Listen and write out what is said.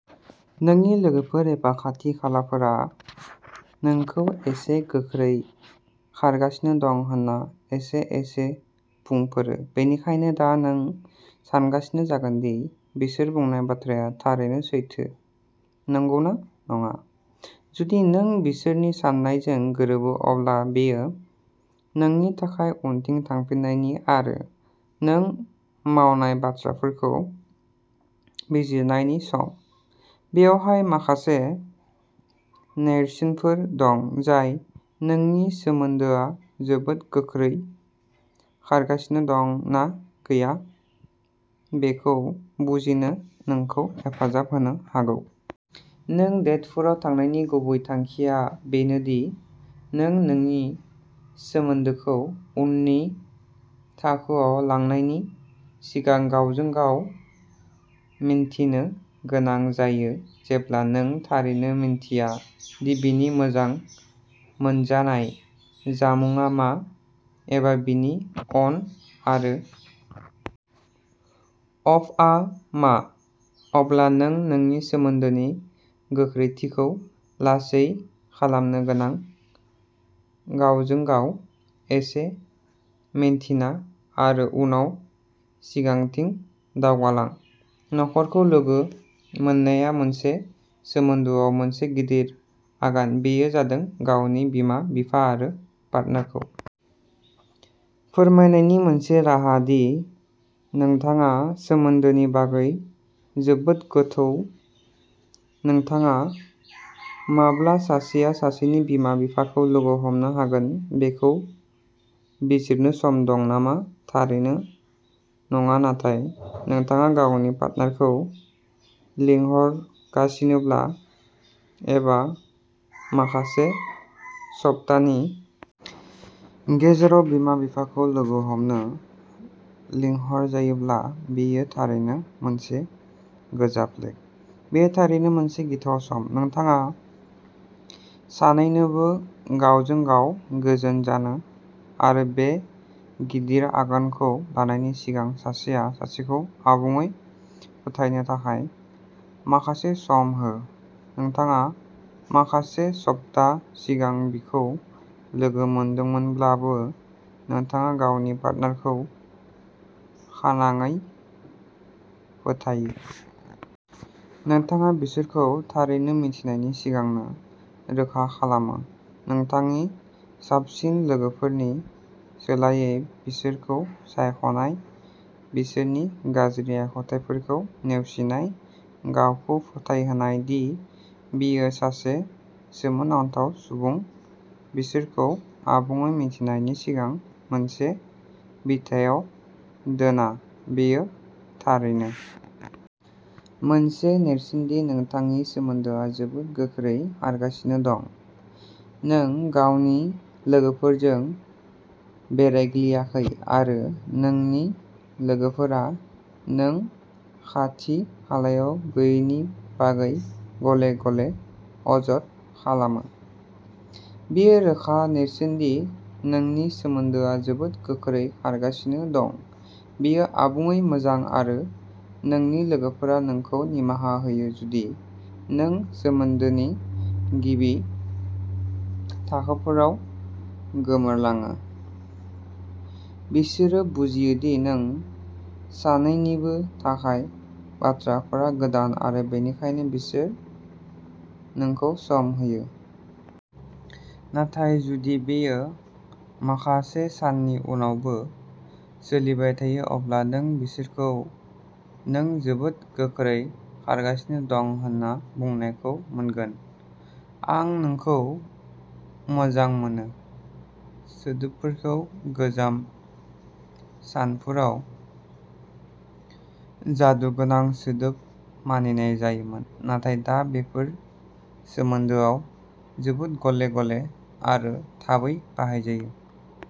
नोंनि लोगोफोर एबा खाथि खालाफोरा नोंखौ एसे गोख्रै खारगासिनो दं होन्ना एसे एसे बुंफोरो बेनिखायनो दा नों सानगासिनो जागोन दि बिसोर बुंनाय बाथ्राया थारैनो सैथो नंगौना नङा जुदि नों बिसोरनि साननायजों गोरोबो अब्ला बेयो नोंनि थाखाय उनथिं थांफिननायनि आरो नों मावनाय बाथ्राफोरखौ बिजिरनायनि सम बेवहाय माखासे नेरसोनफोर दं जाय नोंनि सोमोन्दोआ जोबोद गोख्रै खारगासिनो दं ना गैया बेखौ बुजिनो नोंखौ हेफाजाब होनो हागौ। नों डेटफोराव थांनायनि गुबै थांखिया बेनो दि नों नोंनि सोमोन्दोखौ उननि थाखोआव लांनायनि सिगां गावजों गाव मिन्थिनो गोनां जायो जेब्ला नों थारैनो मिन्थिया दि बिनि मोजां मोनजानाय जामुंआ मा एबा बिनि अन आरो अफआ मा अब्ला नों नोंनि सोमोन्दोनि गोख्रैथिखौ लासै खालामनो गोनां गावजों गाव एसे मिन्थिना आरो उनाव सिगांथिं दावगालां नखरखौ लोगो मोननाया मोनसे सोमोन्दोआव मोनसे गिदिर आगान बेयो जादों गावनि बिमा बिफा आरो पार्टनारखौ फोरमायनायनि मोनसे राहा दि नोंथाङा सोमोन्दोनि बागै जोबोद गोथौ नोंथाङा माब्ला सासेया सासेनि बिमा बिफाखौ लोगो हमनो हागोन बेखौ बिजिरनो सम दं नामा थारैनो नङा नाथाय नोंथाङा गावनि पार्टनारखौ लिंहरगासिनोब्ला एबा माखासे सप्तानि गेजेराव बिमा बिफाखौ लोगो हमनो लिंहरजायोब्ला बेयो थारैनो मोनसे गोजा प्लेग बेयो थारैनो मोनसे गिथाव सम नोंथाङा सानैनोबो गावजों गाव गोजोन जानो आरो बे गिदिर आगानखौ लानायनि सिगां सासेया सासेखौ आबुङै फोथायनो थाखाय माखासे सम हो नोंथाङा माखासे सप्ता सिगां बिखौ लोगो मोनदोंमोनब्लाबो नोंथाङा गावनि पार्टनारखौ खानाङै फोथायो। नोंथाङा बिसोरखौ थारैनो मिथिनायनि सिगांनो रोखा खालामो नोंथांनि साबसिन लोगोफोरनि सोलायै बिसोरखौ सायख'नाय बिसोरनि गाज्रि आखुथाइफोरखौ नेवसिनाय गावखौ फोथायहोनाय दि बियो सासे सोमोनांथाव सुबुं बिसोरखौ आबुङै मिथिनायनि सिगां मोनसे बिथायाव दोना बेयो थारैनो मोनसे नेरसोन दि नोंथांनि सोमोन्दोआ जोबोद गोख्रै खारगासिनो दं नों गावनि लोगोफोरजों बेरायग्लियाखै आरो नोंनि लोगोफोरा नों खाथि खालायाव गैयैनि बागै गले गले अजद खालामो बेयो रोखा नेरसोन दि नोंनि सोमोन्दोआ जोबोद गोख्रै खारगासिनो दं बेयो आबुङै मोजां आरो नोंनि लोगोफोरा नोंखौ निमाहा होयो जुदि नों सोमोन्दोनि गिबि थाखोफोराव गोमोरलाङो बिसोरो बुजियो दि नों सानैनिबो थाखाय बाथ्राफोरा गोदान आरो बेनिखायनो बिसोर नोंखौ सम होयो। नाथाय जुदि बेयो माखासे साननि उनावबो सोलिबाय थायो अब्ला नों बिसोरखौ नों जोबोद गोख्रै खारगासिनो दं होनना बुंनायखौ मोनगोन। आं नोंखौ मोजां मोनो'सोदोबफोरखौ गोजाम सानफोराव जादुगोनां सोदोब मानिनाय जायोमोन नाथाय दा बेफोर सोमोन्दोआव जोबोद गले गले आरो थाबै बाहायजायो।